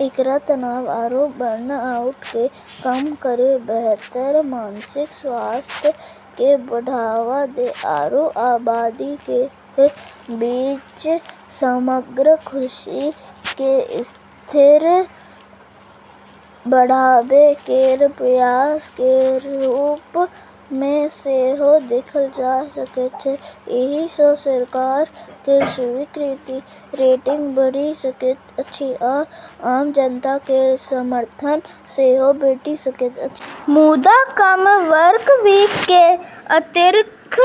एकरा तनाव आरू बर्नआउट केँ कम करै, बेहतर मानसिक स्वास्थ्य केँ बढ़ावा दै, आरू आबादी केर बीच समग्र खुशी केर स्तर बढ़ाबै केर प्रयास केर रूप मे सेहो देखल जा सकैत छै। एहि सँ सरकार केर स्वीकृति रेटिंग बढ़ि सकैत अछि आ आम जनता केर समर्थन सेहो भेटि सकैत अछि। मुदा, कम वर्कवीक केर आर्थिक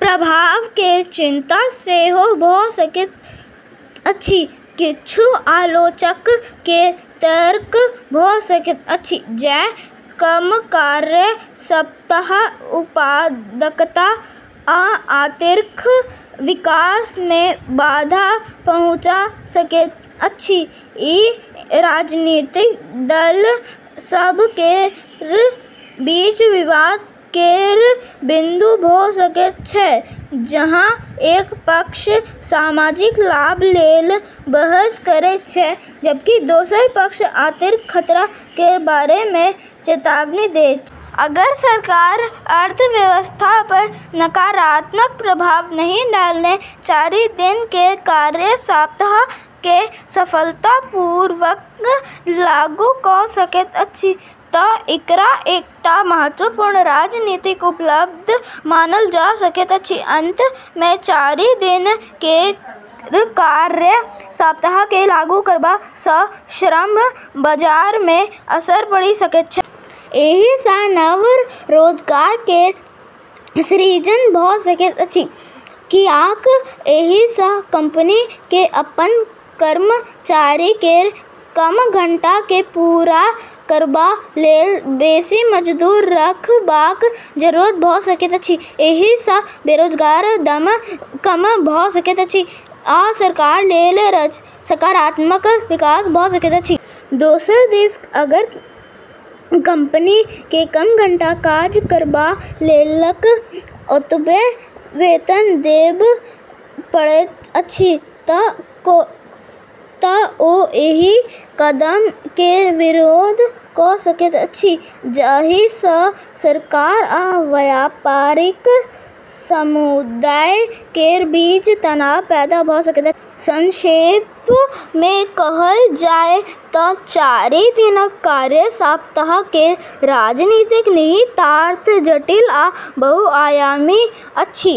प्रभाव केर चिंता सेहो भऽ सकैत अछि। किछु आलोचक केर तर्क भऽ सकैत अछि जे कम कार्य सप्ताह उत्पादकता आ आर्थिक विकास मे बाधा पहुँचा सकैत अछि। ई राजनीतिक दल सभ केर बीच विवाद केर बिंदु भऽ सकैत छै, जहाँ एक पक्ष सामाजिक लाभ लेल बहस करैत छै जबकि दोसर पक्ष आर्थिक खतरा केर बारे मे चेतावनी दैत छै। अगर सरकार अर्थव्यवस्था पर नकारात्मक प्रभाव नहि डालने चारि दिन केर कार्य सप्ताह केँ सफलतापूर्वक लागू कऽ सकैत अछि तँ एकरा एकटा महत्वपूर्ण राजनीतिक उपलब्धि मानल जा सकैत अछि। अंत मे चारि दिन केर कार्य सप्ताह केँ लागू करबा सँ श्रम बाजार मे असर पड़ि सकैत अछि। एहि सँ नव रोजगार केर सृजन भऽ सकैत अछि, कियाक एहि सँ कंपनी केँ अपन कर्मचारी केर कम घंटा केँ पूरा करबा लेल बेसी मजदूर रखबाक जरूरत भऽ सकैत अछि। एहि सँ बेरोजगारी दर कम भऽ सकैत अछि आ सरकार लेल सकारात्मक विकास भऽ सकैत अछि। दोसर दिस अगर कंपनी केँ कम घंटा काज करबा लेल ओतबे वेतन देबए पड़ैत अछि तँ ओ एहि कदम केर विरोध कऽ सकैत अछि, जाहि सँ सरकार आ व्यापारिक समुदाय केर बीच तनाव पैदा भऽ सकैत अछि। संक्षेप मे कहल जाय तँ चारि दिनक कार्य सप्ताह केर राजनीतिक निहितार्थ जटिल आ बहुआयामी अछि।